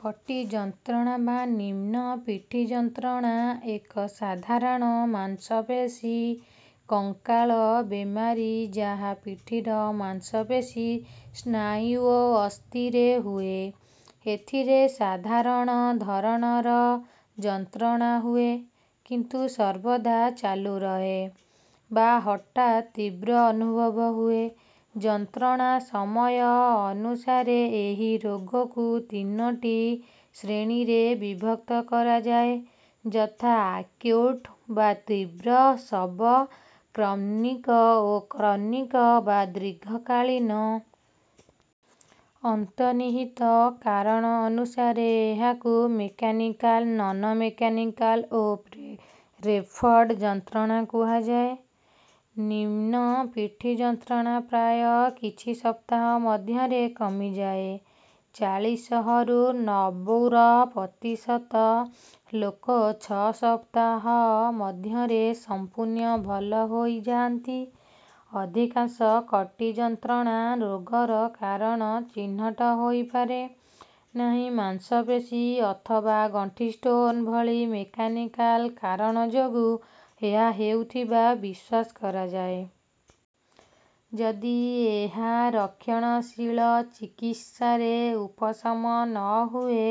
କଟି ଯନ୍ତ୍ରଣା ବା ନିମ୍ନ ପିଠି ଯନ୍ତ୍ରଣା ଏକ ସାଧାରଣ ମାଂସପେଶୀ କଙ୍କାଳ ବେମାରୀ ଯାହା ପିଠିର ମାଂସପେଶୀ ସ୍ନାୟୁ ଓ ଅସ୍ଥିରେ ହୁଏ। ଏଥିରେ ସାଧାରଣ ଧରଣର ଯନ୍ତ୍ରଣା ହୁଏ କିନ୍ତୁ ସର୍ବଦା ଚାଲୁରହେ ବା ହଠାତ୍ ତୀବ୍ର ଅନୁଭବ ହୁଏ। ଯନ୍ତ୍ରଣା ସମୟ ଅନୁସାରେ ଏହି ରୋଗକୁ ତିନୋଟି ଶ୍ରେଣୀରେ ବିଭକ୍ତ କରାଯାଏ ଯଥା ଆକ୍ୟୁଟ ବା ତୀବ୍ର ସବ କ୍ରନିକ ଓ କ୍ରନିକ ବା ଦୀର୍ଘକାଳୀନ। ଅନ୍ତର୍ନିହିତ କାରଣ ଅନୁସାରେ ଏହାକୁ ମେକାନିକାଲ ନନ ମେକାନିକାଲ ଓ ରେଫର୍ଡ ଯନ୍ତ୍ରଣା କୁହାଯାଏ। ନିମ୍ନ ପିଠି ଯନ୍ତ୍ରଣା ପ୍ରାୟ କିଛି ସପ୍ତାହ ମଧ୍ୟରେ କମିଯାଏ ଚାଳିଶରୁ ନବୁର ପ୍ରତିଶତ ଲୋକ ଛଅ ସପ୍ତାହ ମଧ୍ୟରେ ସମ୍ପୂର୍ଣ୍ଣ ଭଲ ହୋଇଯାନ୍ତି। ଅଧିକାଂଶ କଟି ଯନ୍ତ୍ରଣା ରୋଗର କାରଣ ଚିହ୍ନଟ ହୋଇପାରେ ନାହିଁ ମାଂସପେଶୀ ଅଥବା ଗଣ୍ଠି ଷ୍ଟ୍ରେନ ଭଳି ମେକାନିକାଲ କାରଣ ଯୋଗୁଁ ଏହା ହେଉଥିବା ବିଶ୍ୱାସ କରାଯାଏ। ଯଦି ଏହା ରକ୍ଷଣଶୀଳ ଚିକିତ୍ସାରେ ଉପଶମ ନ ହୁଏ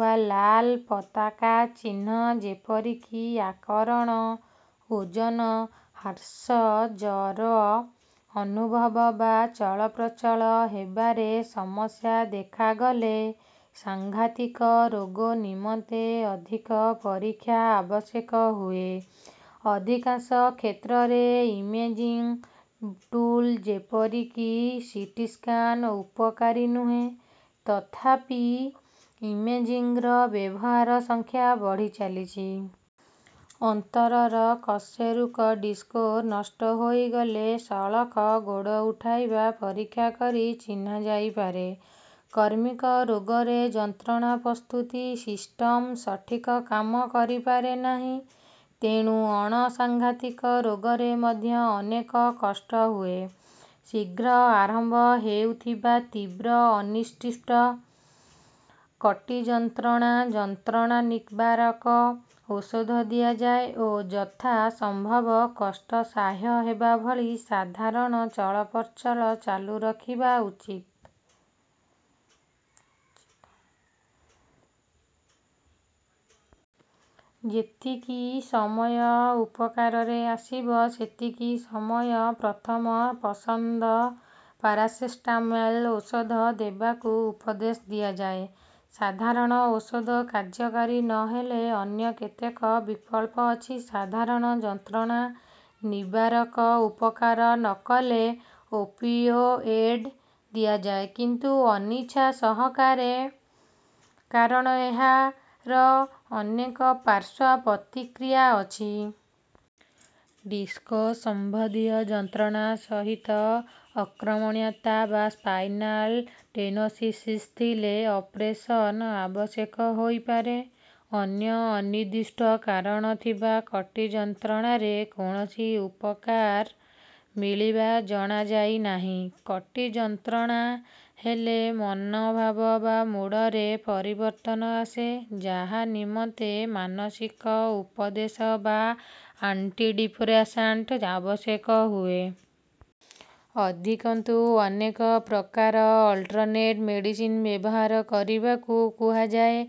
ବା ଲାଲ ପତାକା ଚିହ୍ନ ଯେପରିକି ଅକାରଣ ଓଜନ ହ୍ରାସ ଜ୍ୱର ଅନୁଭବ ବା ଚଳପ୍ରଚଳ ହେବାରେ ସମସ୍ୟା ଦେଖାଗଲେ ସାଂଘାତିକ ରୋଗ ନିମନ୍ତେ ଅଧିକ ପରୀକ୍ଷା ଆବଶ୍ୟକ ହୁଏ। ଅଧିକାଂଶ କ୍ଷେତ୍ରରେ ଇମେଜିଙ୍ଗ ଟୁଲ ଯେପରିକି ସିଟି ସ୍କାନ ଉପକାରୀ ନୁହେଁ ତଥାପି ଇମେଜିଙ୍ଗର ବ୍ୟବହାର ସଂଖ୍ୟା ବଢ଼ିଚାଲିଛି। ଅନ୍ତର କଶେରୁକ ଡିସ୍କ ନଷ୍ଟ ହୋଇଗଲେ ସଳଖ ଗୋଡ଼ ଉଠାଇବା ପରୀକ୍ଷା କରି ଚିହ୍ନା ଯାଇପାରେ। କ୍ରନିକ ରୋଗରେ ଯନ୍ତ୍ରଣା ପ୍ରସ୍ତୁତି ସିଷ୍ଟମ ସଠିକ କାମ କରିପାରେ ନାହିଁ ତେଣୁ ଅଣ ସାଂଘାତିକ ରୋଗରେ ମଧ୍ୟ ଅନେକ କଷ୍ଟ ହୁଏ। ଶୀଘ୍ର ଆରମ୍ଭ ହେଉଥିବା ତୀବ୍ର ଅନିର୍ଦ୍ଦିଷ୍ଟ କଟି ଯନ୍ତ୍ରଣାରେ ଯନ୍ତ୍ରଣା ନିବାରକ ଔଷଧ ଦିଆଯାଏ ଓ ଯଥା ସମ୍ଭବ କଷ୍ଟ ସହ୍ୟ ହେବା ଭଳି ସାଧାରଣ ଚଳପ୍ରଚଳ ଚାଲୁ ରଖିବା ଉଚିତ। ଯେତିକି ସମୟ ଉପକାରରେ ଆସିବ ସେତିକି ସମୟ ପ୍ରଥମ ପସନ୍ଦ ପାରାସେଟାମୋଲ ଔଷଧ ଦେବାକୁ ଉପଦେଶ ଦିଆଯାଏ। ସାଧାରଣ ଔଷଧ କାର୍ଯ୍ୟକାରୀ ନ ହେଲେ ଅନ୍ୟ କେତେକ ବିକଳ୍ପ ଅଛି। ସାଧାରଣ ଯନ୍ତ୍ରଣା ନିବାରକ ଉପକାର ନ କଲେ ଓପିଓଏଡ ଦିଆଯାଏ କିନ୍ତୁ ଅନିଚ୍ଛା ସହକାରେ କାରଣ ଏହାର ଅନେକ ପାର୍ଶ୍ୱ ପ୍ରତିକ୍ରିୟା ଅଛି। ଡିସ୍କ ସମ୍ବନ୍ଧୀୟ ଯନ୍ତ୍ରଣା ସହିତ ଅକର୍ମଣ୍ୟତା ବା ସ୍ପାଇନାଲ ଷ୍ଟେନୋସିସ ଥିଲେ ଅପରେସନ ଆବଶ୍ୟକ ହୋଇପାରେ। ଅନ୍ୟ ଅନିର୍ଦ୍ଦିଷ୍ଟ କାରଣ ଥିବା କଟି ଯନ୍ତ୍ରଣାରେ କୌଣସି ଉପକାର ମିଳିବା ଜଣାଯାଇ ନାହିଁ। କଟି ଯନ୍ତ୍ରଣା ହେଲେ ମନୋଭାବ ବା ମୁଡରେ ପରିବର୍ତ୍ତନ ଆସେ ଯାହା ନିମନ୍ତେ ମାନସିକ ଉପଦେଶ ବା ଆଣ୍ଟିଡିପ୍ରେସାଣ୍ଟ ଆବଶ୍ୟକ ହୁଏ। ଅଧିକନ୍ତୁ ଅନେକ ପ୍ରକାର ଅଲଟରନେଟ ମେଡିସିନ ବ୍ୟବହାର କରିବାକୁ କୁହାଯାଏ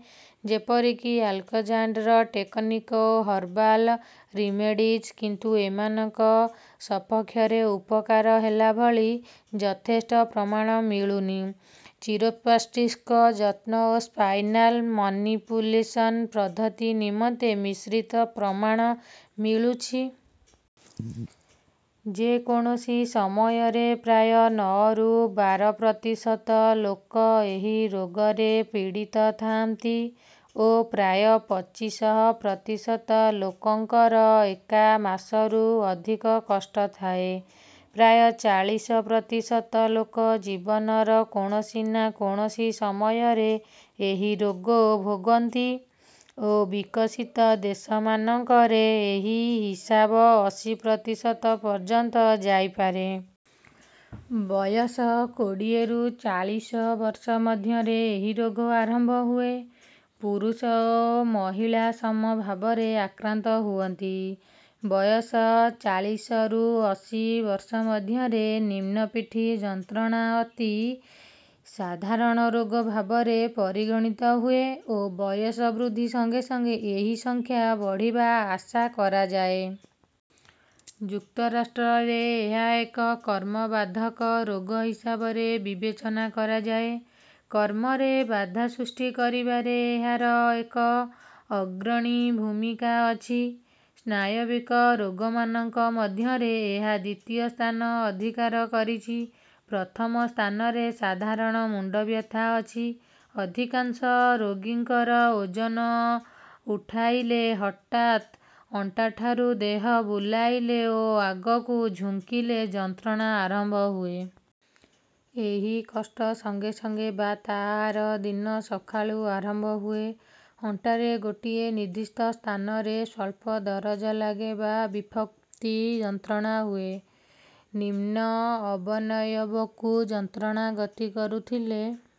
ଯେପରିକି ଆଲେକଜାଣ୍ଡର ଟେକନିକ ଓ ହର୍ବାଲ ରିମେଡିଜ କିନ୍ତୁ ଏମାନଙ୍କ ସପକ୍ଷରେ ଉପକାର ହେଲା ଭଳି ଯଥେଷ୍ଟ ପ୍ରମାଣ ମିଳୁନି। ଚିରୋପ୍ରାକ୍ଟିକ ଯତ୍ନ ଓ ସ୍ପାଇନାଲ ମାନିପୁଲେସନ ପଦ୍ଧତି ନିମନ୍ତେ ମିଶ୍ରିତ ପ୍ରମାଣ ମିଳୁଛି। ଯେ କୌଣସି ସମୟରେ ପ୍ରାୟ ନଅରୁ ବାର ପ୍ରତିଶତ ଲୋକ ଏହି ରୋଗରେ ପୀଡ଼ିତ ଥାଆନ୍ତି ଓ ପ୍ରାୟ ପଚିଶ ପ୍ରତିଶତ ଲୋକଙ୍କର ଏକା ମାସରୁ ଅଧିକ କଷ୍ଟ ଥାଏ। ପ୍ରାୟ ଚାଳିଶ ପ୍ରତିଶତ ଲୋକ ଜୀବନର କୌଣସି ନା କୌଣସି ସମୟରେ ଏହି ରୋଗ ଭୋଗନ୍ତି ଓ ବିକଶିତ ଦେଶମାନଙ୍କରେ ଏହି ହିସାବ ଅଶୀ ପ୍ରତିଶତ ପର୍ଯ୍ୟନ୍ତ ଯାଇପାରେ। ବୟସ କୋଡ଼ିଏରୁ ଚାଳିଶ ବର୍ଷ ମଧ୍ୟରେ ଏହି ରୋଗ ଆରମ୍ଭ ହୁଏ। ପୁରୁଷ ଓ ମହିଳା ସମ ଭାବରେ ଆକ୍ରାନ୍ତ ହୁଅନ୍ତି। ବୟସ ଚାଳିଶରୁ ଅଶୀ ବର୍ଷ ମଧ୍ୟରେ ନିମ୍ନ ପିଠି ଯନ୍ତ୍ରଣା ଅତି ସାଧାରଣ ରୋଗ ଭାବରେ ପରିଗଣିତ ହୁଏ ଓ ବୟସ ବୃଦ୍ଧି ସଙ୍ଗେ ସଙ୍ଗେ ଏହି ସଂଖ୍ୟା ବଢ଼ିବା ଆଶା କରାଯାଏ। ଯୁକ୍ତରାଷ୍ଟ୍ରରେ ଏହା ଏକ କର୍ମ ବାଧକ ରୋଗ ହିସାବରେ ବିବେଚନା କରାଯାଏ। କର୍ମରେ ବାଧା ସୃଷ୍ଟି କରିବାରେ ଏହାର ଏକ ଅଗ୍ରଣୀ ଭୂମିକା ଅଛି। ସ୍ନାୟବିକ ରୋଗମାନଙ୍କ ମଧ୍ୟରେ ଏହା ଦ୍ୱିତୀୟ ସ୍ଥାନ ଅଧିକାର କରିଛି ପ୍ରଥମ ସ୍ଥାନରେ ସାଧାରଣ ମୁଣ୍ଡ ବ୍ୟଥା ଅଛି। ଅଧିକାଂଶ ରୋଗୀଙ୍କର ଓଜନ ଉଠାଇଲେ ହଠାତ ଅଣ୍ଟାଠାରୁ ଦେହ ବୁଲାଇଲେ ଓ ଆଗକୁ ଝୁଙ୍କିଲେ ଯନ୍ତ୍ରଣା ଆରମ୍ଭ ହୁଏ। ଏହି କଷ୍ଟ ସଙ୍ଗେ ସଙ୍ଗେ ବା ତା ଆର ଦିନ ସକାଳୁ ଆରମ୍ଭ ହୁଏ। ଅଣ୍ଟାରେ ଗୋଟିଏ ନିର୍ଦ୍ଦିଷ୍ଟ ସ୍ଥାନରେ ସ୍ୱଳ୍ପ ଦରଜ ଲାଗେ ବା ବିକ୍ଷିପ୍ତ ଯନ୍ତ୍ରଣା ହୁଏ। ନିମ୍ନ ଅବୟବକୁ ଯନ୍ତ୍ରଣା ଗତି କରୁଥିଲେ